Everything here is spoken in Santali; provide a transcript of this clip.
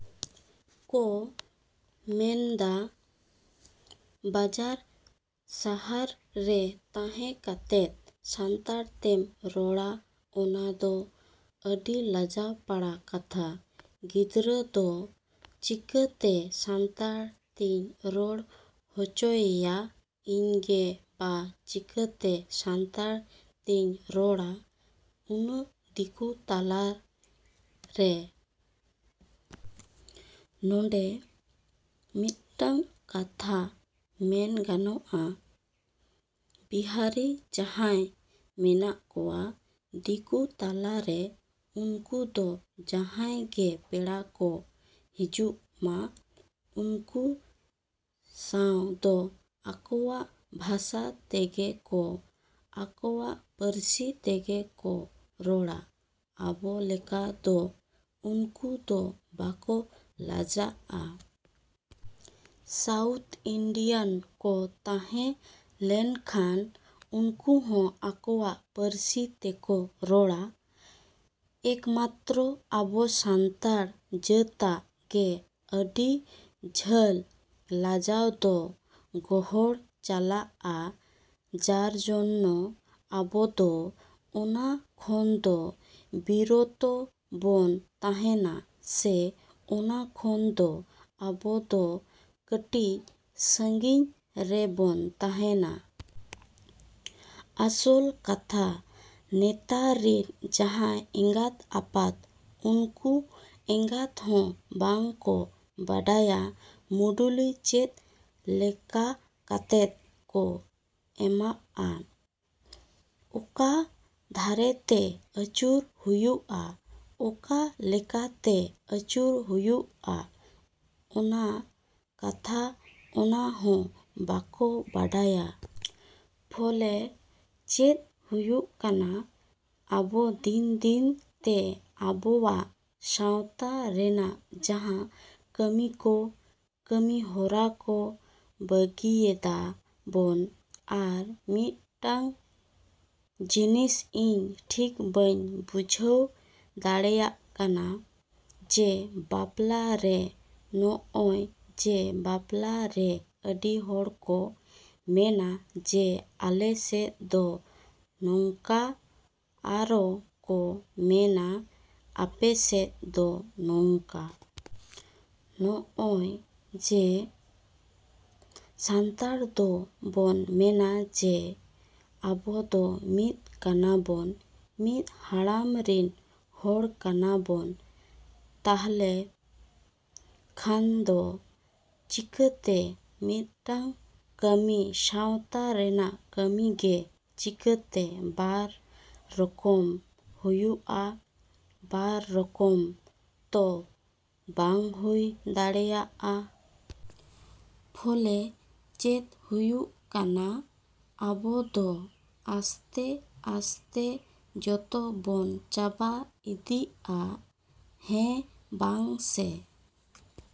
ᱠᱚ ᱢᱮᱱᱫᱟ ᱵᱟᱡᱟᱨ ᱥᱟᱦᱟᱨ ᱨᱮ ᱛᱟᱦᱮᱸ ᱠᱟᱛᱮᱫ ᱥᱟᱱᱛᱟᱲ ᱛᱮᱢ ᱨᱚᱲᱟ ᱚᱱᱟ ᱫᱚ ᱟᱹᱰᱤ ᱞᱟᱡᱟᱯᱟᱲᱟ ᱠᱟᱛᱷᱟ᱾ ᱜᱤᱫᱽᱨᱟᱹ ᱫᱚ ᱪᱤᱠᱟᱹᱛᱮ ᱥᱟᱱᱛᱟᱲ ᱛᱤᱧ ᱨᱚᱲ ᱦᱚᱪᱚᱭᱮᱭᱟ? ᱤᱧ ᱜᱮ ᱵᱟ ᱪᱤᱠᱟᱹᱛᱮ ᱥᱟᱱᱛᱟᱲ ᱛᱤᱧ ᱨᱚᱲᱟ ᱩᱱᱟᱹᱜ ᱫᱤᱠᱩ ᱛᱟᱞᱟ ᱨᱮ᱾ ᱱᱚᱰᱮ ᱢᱤᱫᱴᱟᱹᱝ ᱠᱟᱛᱷᱟ ᱢᱮᱱ ᱜᱟᱱᱚᱜᱼᱟ ᱵᱤᱦᱟᱨᱤ ᱡᱟᱦᱟᱸᱭ ᱢᱮᱱᱟᱜ ᱠᱚᱣᱟ ᱫᱤᱠᱩ ᱛᱟᱞᱟ ᱨᱮ ᱩᱱᱠᱩ ᱫᱚ ᱡᱟᱦᱟᱸᱭ ᱜᱮ ᱯᱮᱲᱟ ᱠᱚ ᱦᱤᱡᱩᱜ ᱢᱟ ᱩᱱᱠᱩ ᱥᱟᱶ ᱫᱚ ᱟᱠᱚᱣᱟᱜ ᱵᱷᱟᱥᱟ ᱛᱮᱜᱮ ᱠᱚ ᱟᱠᱚᱣᱟᱜ ᱯᱟᱹᱨᱥᱤ ᱛᱮᱜᱮ ᱠᱚ ᱨᱚᱲᱟ᱾ ᱟᱵᱚ ᱞᱮᱠᱟ ᱫᱚ ᱩᱱᱠᱩ ᱫᱚ ᱵᱟᱠᱚ ᱞᱟᱡᱟᱜᱼᱟ᱾ ᱥᱟᱣᱩᱛᱷ ᱤᱱᱰᱤᱭᱟᱱ ᱠᱚ ᱛᱟᱦᱮᱸ ᱞᱮᱱᱠᱷᱟᱱ ᱩᱱᱠᱩ ᱦᱚᱸ ᱟᱠᱚᱣᱟᱜ ᱯᱟᱹᱨᱥᱤ ᱛᱮᱠᱚ ᱨᱚᱲᱟ᱾ ᱮᱠ ᱢᱟᱛᱨᱚ ᱟᱵᱚ ᱥᱟᱱᱛᱟᱲ ᱡᱟᱹᱛᱟᱜ ᱜᱮ ᱟᱹᱰᱤ ᱡᱷᱟᱹᱞ ᱞᱟᱡᱟᱣ ᱫᱚ ᱜᱚᱦᱚᱲ ᱪᱟᱞᱟᱜᱼᱟ ᱡᱟᱨ ᱡᱚᱱᱱᱚ ᱟᱵᱚ ᱫᱚ ᱚᱱᱟ ᱠᱷᱚᱱ ᱫᱚ ᱵᱤᱨᱚᱛᱚ ᱵᱚᱱ ᱛᱟᱦᱮᱱᱟ ᱥᱮ ᱚᱱᱟ ᱠᱷᱚᱱ ᱫᱚ ᱟᱵᱚ ᱫᱚ ᱠᱟᱹᱴᱤᱡ ᱥᱟᱺᱜᱤᱧ ᱨᱮ ᱵᱚᱱ ᱛᱟᱦᱮᱱᱟ᱾ ᱟᱥᱚᱞ ᱠᱟᱛᱷᱟ ᱱᱮᱛᱟᱨ ᱨᱤᱱ ᱡᱟᱦᱟᱸᱭ ᱮᱸᱜᱟᱛ ᱟᱯᱟᱛ ᱩᱱᱠᱩ ᱮᱸᱜᱟᱛ ᱦᱚᱸ ᱵᱟᱝ ᱠᱚ ᱵᱟᱲᱟᱭᱟ ᱢᱩᱰᱩᱞᱤ ᱪᱮᱫ ᱞᱮᱠᱟ ᱠᱟᱛᱮᱫ ᱠᱚ ᱮᱢᱟᱜᱼᱟ ᱟᱨ ᱚᱠᱟ ᱫᱷᱟᱨᱮ ᱛᱮ ᱟᱹᱪᱩᱨ ᱦᱩᱭᱩᱜᱼᱟ, ᱚᱠᱟ ᱞᱮᱠᱟ ᱛᱮ ᱟᱹᱪᱩᱨ ᱦᱩᱭᱩᱜᱼᱟ ᱚᱱᱟ ᱠᱟᱛᱷᱟ ᱚᱱᱟ ᱦᱚᱸ ᱵᱟᱠᱚ ᱵᱟᱰᱟᱭᱟ᱾ ᱯᱷᱚᱞᱮ ᱪᱮᱫ ᱦᱩᱭᱩᱜ ᱠᱟᱱᱟ ᱟᱵᱚ ᱫᱤᱱ ᱫᱤᱱ ᱛᱮ ᱟᱵᱚᱣᱟᱜ ᱥᱟᱶᱛᱟ ᱨᱮᱱᱟᱜ ᱡᱟᱦᱟᱸ ᱠᱟᱹᱢᱤ ᱠᱚ, ᱠᱟᱹᱢᱤ ᱦᱚᱨᱟ ᱠᱚ ᱵᱟᱹᱜᱤᱭᱮᱫᱟ ᱵᱚᱱ᱾ ᱟᱨ ᱢᱤᱫᱴᱟᱹᱝ ᱡᱤᱱᱤᱥ ᱤᱧ ᱴᱷᱤᱠ ᱵᱟᱹᱧ ᱵᱩᱡᱷᱟᱹᱣ ᱫᱟᱲᱮᱭᱟᱜ ᱠᱟᱱᱟ ᱡᱮ ᱵᱟᱯᱞᱟ ᱨᱮ ᱱᱚᱜᱼᱚᱭ ᱡᱮ ᱵᱟᱯᱞᱟ ᱨᱮ ᱟᱹᱰᱤ ᱦᱚᱲ ᱠᱚ ᱢᱮᱱᱟ ᱡᱮ ᱟᱞᱮ ᱥᱮᱫ ᱫᱚ ᱱᱚᱝᱠᱟ ᱟᱨᱚ ᱠᱚ ᱢᱮᱱᱟ ᱟᱯᱮ ᱥᱮᱫ ᱫᱚ ᱱᱚᱝᱠᱟ᱾ ᱱᱚᱜᱼᱚᱭ ᱡᱮ ᱥᱟᱱᱛᱟᱲ ᱫᱚ ᱵᱚᱱ ᱢᱮᱱᱟ ᱡᱮ ᱟᱵᱚ ᱫᱚ ᱢᱤᱫ ᱠᱟᱱᱟ ᱵᱚᱱ, ᱢᱤᱫ ᱦᱟᱲᱟᱢ ᱨᱤᱱ ᱦᱚᱲ ᱠᱟᱱᱟ ᱵᱚᱱ᱾ ᱛᱟᱦᱞᱮ ᱠᱷᱟᱱ ᱫᱚ ᱪᱤᱠᱟᱹᱛᱮ ᱢᱤᱫᱴᱟᱹᱝ ᱠᱟᱹᱢᱤ ᱥᱟᱶᱛᱟ ᱨᱮᱱᱟᱜ ᱠᱟᱹᱢᱤ ᱜᱮ ᱪᱤᱠᱟᱹᱛᱮ ᱵᱟᱨ ᱨᱚᱠᱚᱢ ᱦᱩᱭᱩᱜᱼᱟ? ᱵᱟᱨ ᱨᱚᱠᱚᱢ ᱛᱚ ᱵᱟᱝ ᱦᱩᱭ ᱫᱟᱲᱮᱭᱟᱜᱼᱟ᱾ ᱯᱷᱚᱞᱮ ᱪᱮᱫ ᱦᱩᱭᱩᱜ ᱠᱟᱱᱟ ᱟᱵᱚ ᱫᱚ ᱟᱥᱛᱮᱼᱟᱥᱛᱮ ᱡᱚᱛᱚ ᱵᱚᱱ ᱪᱟᱵᱟ ᱤᱫᱤᱜᱼᱟ᱾ ᱦᱮᱸ ᱵᱟᱝ ᱥᱮ᱾